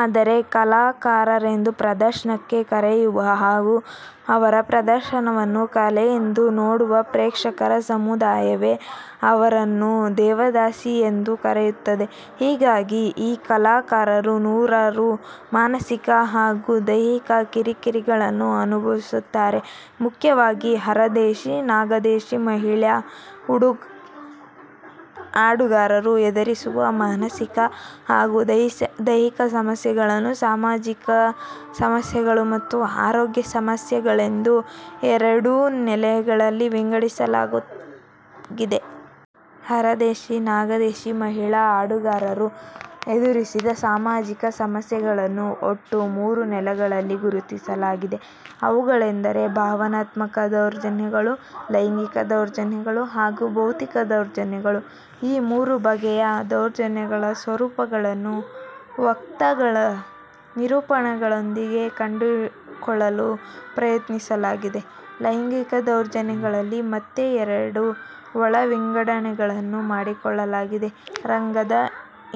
ಆದರೆ ಕಲಾಕಾರರೆಂದು ಪ್ರದರ್ಶನಕ್ಕೆ ಕರೆಯುವ ಹಾಗೂ ಅವರ ಪ್ರದರ್ಶನವನ್ನು ಕಲೆಯೆಂದು ನೋಡುವ ಪ್ರೇಕ್ಷಕ ಸಮುದಾಯವೇ ಅವರನ್ನು 'ದೇವದಾಸಿ'ಯೆಂದು ಕರೆಯುತ್ತದೆ. ಹೀಗಾಗಿ ಈ ಕಲಾಕಾರರು ನೂರಾರು ಮಾನಸಿಕ ಹಾಗೂ ದೈಹಿಕ ಕಿರಿ-ಕಿರಿಗಳನ್ನು ಅನುಭವಿಸುತ್ತಾರೆ. ಮುಖ್ಯವಾಗಿ ಹರದೇಶಿ-ನಾಗೇಶಿ ಮಹಿಳಾ ಹಾಡುಗಾರರು ಎದುರಿಸುವ ಮಾನಸಿಕ ಹಾಗೂ ದೈಹಿಕ ಸಮಸ್ಯೆಗಳನ್ನು ಸಾಮಾಜಿಕ ಸಮಸ್ಯೆಗಳು ಮತ್ತು ಆರೋಗ್ಯ ಸಮಸ್ಯೆಗಳೆಂದು ಎರಡು ನೆಲೆಗಳಲ್ಲಿ ವಿಂಗಡಿಸಿಕೊಳ್ಳಲಾಗಿದೆ. ಹರದೇಶಿ-ನಾಗೇಶಿ ಮಹಿಳಾ ಹಾಡುಗಾರರು ಎದುರಿಸಿದ ಸಾಮಾಜಿಕ ಸಮಸ್ಯೆಗಳನ್ನು ಒಟ್ಟು ಮೂರು ನೆಲೆಗಳಲ್ಲಿ ಗುರುತಿಸಲಾಗಿದೆ. ಅವುಗಳೆಂದರೆ ಭಾವನಾತ್ಮಕ ದೌರ್ಜನ್ಯಗಳು, ಲೈಂಗಿಕ ದೌರ್ಜನ್ಯಗಳು ಹಾಗೂ ಬೌದ್ಧಿಕ ದೌರ್ಜನ್ಯಗಳು. ಈ ಮೂರು ಬಗೆಯ ದೌರ್ಜನ್ಯಗಳ ಸ್ವರೂಪಗಳನ್ನು ವಕ್ತೃಗಳ ನಿರೂಪಣೆಗಳೊಂದಿಗೆ ಕಂಡುಕೊಳ್ಳಲು ಪ್ರಯತ್ನಿಸಲಾಗಿದೆ. ಲೈಂಗಿಕ ದೌರ್ಜನ್ಯಗಳಲ್ಲಿ ಮತ್ತೆ ಎರಡು ಒಳ ವಿಂಗಡಣೆಗಳನ್ನು ಮಾಡಿಕೊಳ್ಳಲಾಗಿದೆ: ರಂಗದ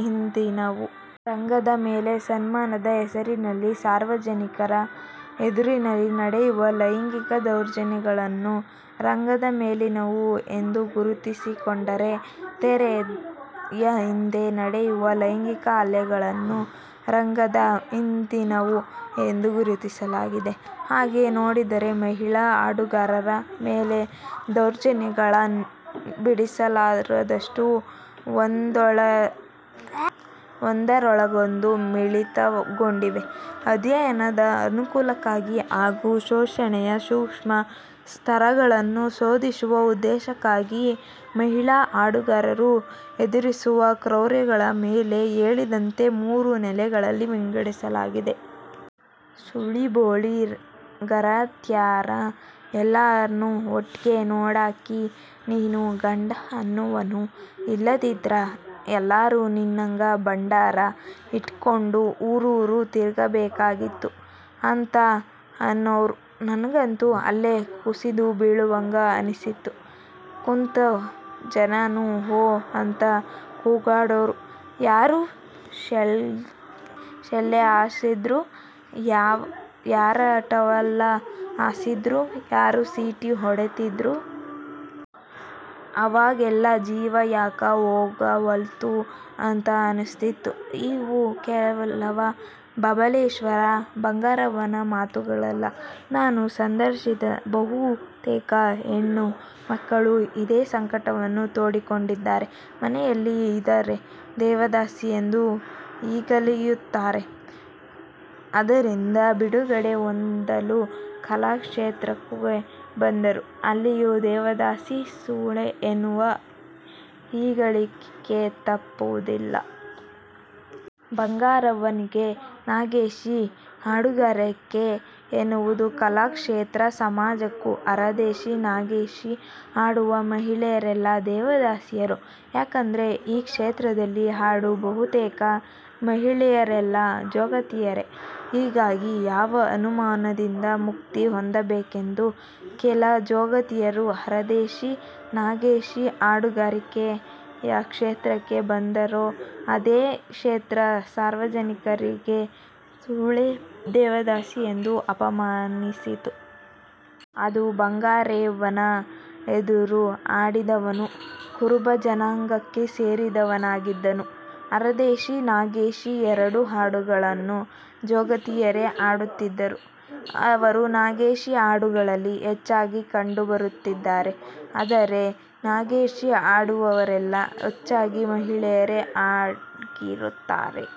ಹಿಂದಿನವು. ರಂಗದ ಮೇಲೆ ಸನ್ಮಾನದ ಹೆಸರಿನಲ್ಲಿ ಸಾರ್ವಜನಿಕರ ಎದುರಿನಲ್ಲಿ ನಡೆಯುವ ಲೈಂಗಿಕ ದೌರ್ಜನ್ಯಗಳನ್ನು ರಂಗದ ಮೇಲಿನವು ಎಂದು ಗುರುತಿಸಿಕೊಂಡರೆ, ತೆರೆಯ ಹಿಂದೆ ನಡೆಯುವ ಲೈಂಗಿಕ ಹಲ್ಲೆಗಳನ್ನು ರಂಗದ ಹಿಂದನವು ಎಂದು ಗುರುತಿಸಲಾಗಿದೆ. ಹಾಗೆ ನೋಡಿದರೆ ಮಹಿಳಾ ಹಾಡುಗಾರರ ಮೇಲಿನ ದೌರ್ಜನ್ಯಗಳು ಬಿಡಸಲಾರದಷ್ಟು ಒಂದರೊಳಗೊಂದು ಮಿಳಿತಗೊಂಡಿವೆ. ಅಧ್ಯಯನದ ಅನುಕೂಲಕ್ಕಾಗಿ ಹಾಗೂ ಶೋಷಣೆಯ ಸೂಕ್ಷ್ಮ ಸ್ತರಗಳನ್ನು ಶೋಧಿಸುವ ಉದ್ದೇಶಕ್ಕಾಗಿ ಮಹಿಳಾ ಹಾಡುಗಾರರು ಎದುರಿಸುವ ಕ್ರೌರ್ಯಗಳನ್ನು ಮೇಲೆ ಹೇಳಿದಂತೆ ಮೂರು ನೆಲೆಗಳಲ್ಲಿ ವಿಂಗಡಿಸಿಕೊಳ್ಳಲಾಗಿದೆ. ಸೂಳಿ-ಬೋಳೀ-ಗರತ್ಯಾರ್ನ ಎಲ್ಲಾರ್ನೂ ಒಟ್ಟಿಗೆ ನೋಡಕಿ ನೀನು. ಗಂಡ ಅನ್ನುವನು ಇಲ್ಲದಿದ್ರ ಎಲ್ಲರೂ ನಿನ್ನಂಗ ಭಂಡಾರ ಇಟಕೊಂಡು ಊರೂರು ತಿರಗಬೇಕಾಗ್ತಿತ್ತು'. ಅಂತ ಅನ್ನುವ್ರು. ನಂಗಂತೂ ಅಲ್ಲೆ ಕುಸಿದು ಬೀಳುವಂಗ ಅನಸ್ತಿತ್ತು. ಕುಂತ ಜನಾನೂ ಹೋ ಅಂತ ಕೂಗಾಡೋರು. ಯಾರ ಶೆಲ್ಲೆ ಹಾರಸ್ತಿದ್ರು? ಯಾರ ಟವಲ್ಲ ಹಾರಿಸ್ತಿದ್ರು? ಯಾರ ಸೀಟಿ ಹೊಡಿತಿದ್ರು? ಅವಾಗೆಲ್ಲಾ ಜೀವ ಯಾಕ ಹೋಗವಲ್ತು ಅಂತ ಅನಸ್ತಿತ್ತು" ಇವು ಕೇವಲ ಬಬಲೇಶ್ವರದ ಬಂಗಾರವ್ವನ ಮಾತುಗಳಲ್ಲ. ನಾನು ಸಂದರ್ಶಿಸಿದ ಬಹುತೇಕ ಹೆಣ್ಣು ಮಕ್ಕಳು ಇದೇ ಸಂಕಟವನ್ನು ತೋಡಿಕೊಂಡಿದ್ದಾರೆ. ಮನೆಯಲ್ಲಿ ಇದ್ದರೆ 'ದೇವದಾಸಿ' ಎಂದು ಹೀಗಳೆಯುತ್ತಾರೆ. ಅದರಿಂದ ಬಿಡುಗಡೆ ಹೊಂದಲು ಕಲಾ ಕ್ಷೇತ್ರಕ್ಕೆ ಬಂದರೆ ಅಲ್ಲಿಯೂ 'ದೇವದಾಸಿ', 'ಸೂಳೆ' ಎನ್ನುವ ಹೀಗಳಿಕೆ ತಪ್ಪುವುದಿಲ್ಲ. ಬಂಗಾರವ್ವನಿಗೆ ನಾಗೇಶಿ ಹಾಡುಗಾರಿಕೆ ಎನ್ನುವುದು ಕಲಾ ಕ್ಷೇತ್ರ, ಸಮಾಜಕ್ಕೆ ಹರದೇಶಿ-ನಾಗೇಶಿ ಹಾಡುವ ಮಹಿಳೆಯರೆಲ್ಲ 'ದೇವದಾಸಿಯರು', ಯಾಕೆಂದರೆ ಈ ಕ್ಷೇತ್ರದಲ್ಲಿ ಹಾಡುವ ಬಹುತೇಕ ಮಹಿಳೆಯರೆಲ್ಲ 'ಜೋಗತಿ'ಯರೇ. ಹೀಗಾಗಿ ಯಾವ ಅವಮಾನದಿಂದ ಮುಕ್ತಿ ಹೊಂದಬೇಕೆಂದು ಕೆಲ 'ಜೋಗತಿಯರು' ಹರದೇಶಿ-ನಾಗೇಶಿ ಹಾಡುಗಾರಿಕೆಯ ಕ್ಷೇತ್ರಕ್ಕೆ ಬಂದರೋ, ಅದೇ ಕ್ಷೇತ್ರ ಸಾರ್ವಜನಿಕರೆದುರಿಗೆ 'ಸೂಳೆ' 'ದೇವದಾಸಿ'ಯೆಂದು ಅಪಮಾನಿಸಿತು. ಅಂದು ಬಂಗಾರೆವ್ವನ ಎದರು ಹಾಡಿದವನು ಕುರುಬ ಜನಾಂಗಕ್ಕೆ ಸೇರದವನಾಗಿದ್ದನು. ಹರದೇಶಿ-ನಾಗೇಶಿ ಎರಡೂ ಹಾಡುಗಳನ್ನು 'ಜೋಗತಿ'ಯರೇ ಹಾಡುತ್ತಿದ್ದರೂ ಅವರು ನಾಗೇಶಿ ಹಾಡುಗಳಲ್ಲಿ ಹೆಚ್ಚಾಗಿ ಕಂಡುಬರುತ್ತಾರೆ. ಅಂದರೆ ನಾಗೇಶಿ ಹಾಡುವವರೆಲ್ಲ ಹೆಚ್ಚಾಗಿ ಮಹಿಳೆಯರೇ ಆಗಿರುತ್ತಾರೆ.